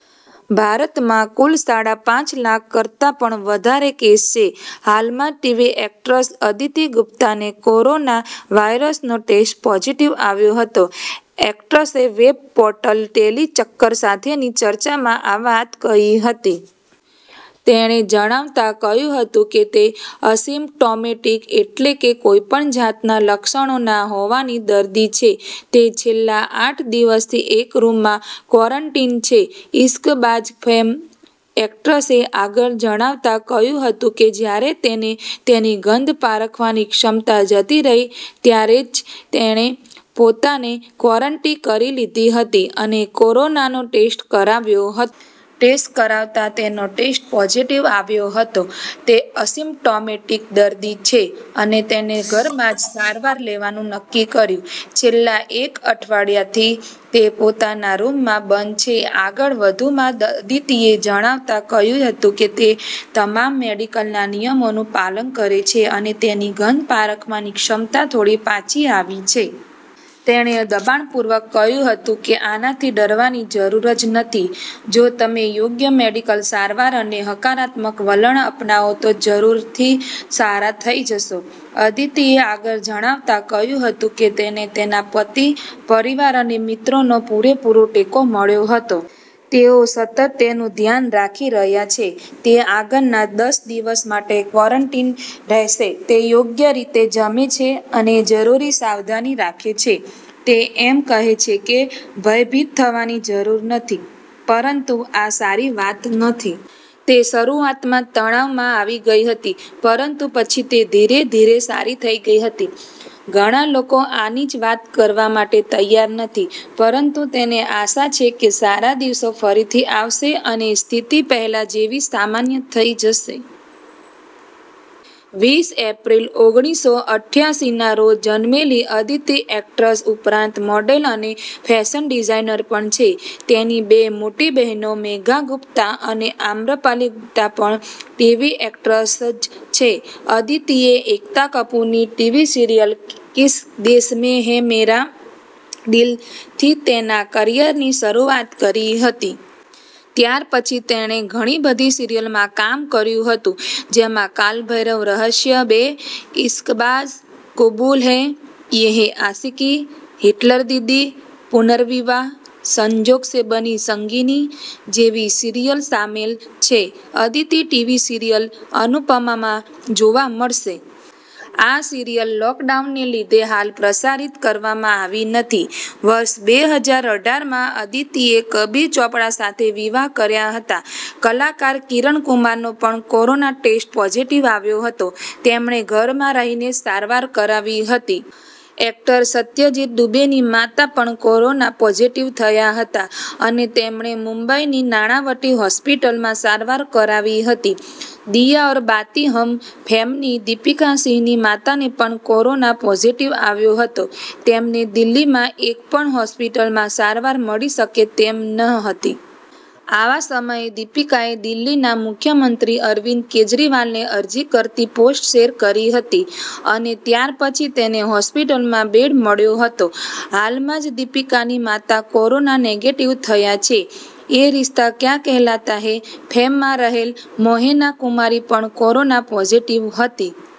ભારતમાં કુલ સાડા પાંચ લાખ કરતાં પણ વધારે કેસ છે. હાલમાં ટીવી એક્ટ્રેસ અદિતી ગુપ્તાને કોરોના વાઈરસનો ટેસ્ટ પોઝિટિવ આવ્યો હતો. Actress web portal Tellychakkar સાથેની ચર્ચામાં આ વાત કહી હતી. તેણે જણાવતાં કહ્યું હતું, કે તે અસિમ્પ્ટોમેટિક એટલે કે કોઈપણ જાતના લક્ષણો ના હોવાની દર્દી છે. તે છેલ્લાં આઠ દિવસથી એક રૂમમાં ક્વૉરન્ટીન છે. 'ઈશ્કબાઝ' ફૅમ એક્ટ્રેસે આગળ જણાવતાં કહ્યું હતું, કે જ્યારે તેને તેની ગંધ પારખવાની ક્ષમતા જતી રહી, ત્યારે જ એણે પોતાને ક્વૉરન્ટીન કરી લીધી હતી, અને કોરોનાનો ટેસ્ટ કરાવ્યો હતો. ટેસ્ટ કરાવતાં તેનો ટેસ્ટ પોઝિટિવ આવ્યો હતો. તે અસિમ્પ્ટોમેટિક દર્દી છે, અને તેણે ઘરમાં જ સારવાર લેવાનું નક્કી કર્યું. છેલ્લાં એક અઠવાડિયાંથી તે પોતાના રૂમમાં બંધ છે. આગળ વધુમાં અદિતીએ જણાવતાં કહ્યું હતું, કે તે તમામ મેડિકલનાં નિયમોનું પાલન કરે છે, અને તેની ગંધ પારખવાની ક્ષમતા થોડી પાછી આવી છે. તેણે દબાણપૂર્વક કહ્યું હતું, કે આનાથી ડરવાની જરૂર જ નથી. જો તમે યોગ્ય મેડિકલ સારવાર અને હકારાત્મક વલણ અપનાવો તો જરૂરથી સારા થઈ જશો. અદિતીએ આગળ જણાવતાં કહ્યું હતું, કે તેને તેનાં પતિ, પરિવાર અને મિત્રોનો પૂરેપુરો ટેકો મળ્યો હતો. તેઓ સતત તેનું ધ્યાન રાખી રહ્યાં છે. તે આગળનાં દસ દિવસ માટે ક્વૉરન્ટીન રહેશે. તે યોગ્ય રીતે જમે છે, અને જરૂરી સાવધાની રાખે છે. તે એમ કહે છે, કે ભયભીત થવાની જરૂર નથી, પરંતુ આ સારી વાત નથી. તે શરૂઆતમાં તણાવમાં આવી ગઈ હતી. પરંતુ પછી તે ધીરે-ધીરે સારી થઈ ગઈ હતી. ઘણાં લોકો આની જ વાત કરવા માટે તૈયાર નથી, પરંતુ તેને આશા છે, કે સારા દિવસો ફરીથી આવશે અને સ્થિતિ પહેલાં જેવી જ સામાન્ય થઈ જશે. વીસ એપ્રિલ, ઓગણીસસો ઈઠયાસીનાં રોજ જન્મેલી અદિતી એક્ટ્રેસ ઉપરાંત મોડેલ અને ફેશન ડિઝાઈનર પણ છે. તેની બે મોટી બહેનો મેઘા ગુપ્તા અને આમ્રપલી ગુપ્તા પણ ટીવી એક્ટ્રેસ છે. અદિતીએ એકતા કપૂરની ટીવી સિરિયલ 'કિસ દેશ મૈં હૈ મેરા દિલ'થી તેનાં કેરિયરની શરૂઆત કરી હતી. ત્યાર પછી તેણે ઘણીબધી સિરિયલમાં કામ કર્યું હતું, જેમાં 'કાલ ભૈરવ રહસ્ય બે', 'ઈશ્કબાઝ', 'કૂબૂલ હૈં', 'યે હૈં આશિકી', 'હિટલર દીદી', 'પુર્નવિવાહ', 'સંજોગ સે બની સંગીની' જેવી સીરીયલ સામેલ છે. અદિતી ટીવી સીરિયલ 'અનુપમા'માં જોવા મળશે. આ સિરિયલ લૉકડાઉનને લીધે હાલ પ્રસારિત કરવામાં આવી નથી. વર્ષ બે હજાર અઢારમાં અદિતીએ કબીર ચોપરા સાથે વિવાહ કર્યાં હતાં. કલાકાર કિરણ કુમારનો પણ કોરોના ટેસ્ટ પોઝિટિવ આવ્યો હતો. તેમણે ઘરમાં રહીને જ સારવાર કરાવી હતી. એક્ટર સત્યજીત દૂબેની માતા પણ કોરોના પોઝિટિવ થયાં હતાં, અને તેમણે મુંબઈની નાણાવટી હોસ્પિટલમાં સારવાર કરાવી હતી. 'દિયા ઔર બાતી હમ' ફૅમની દીપિકા સિંહની માતાને પણ કોરોના પોઝિટિવ આવ્યો હતો. તેમને દિલ્હીમાં એક પણ હોસ્પિટલમાં સારવાર મળી શકે તેમ ન હતી. આવાં સમયે દીપિકાએ દિલ્હીના મુખ્યમંત્રી અરવિંદ કેજરીવાલને અરજી કરતી પોસ્ટ શેર કરી હતી, અને ત્યાર પછી તેને હોસ્પિટલમાં બેડ મળ્યો હતો. હાલમાં જ દીપિકાની માતા કોરોના નેગેટિવ થયાં છે. 'યે રિશ્તા ક્યા કહેલાતા હૈં' ફૅમમાં રહેલ મોહેના કુમારી પણ કોરોના પોઝિટિવ હતી.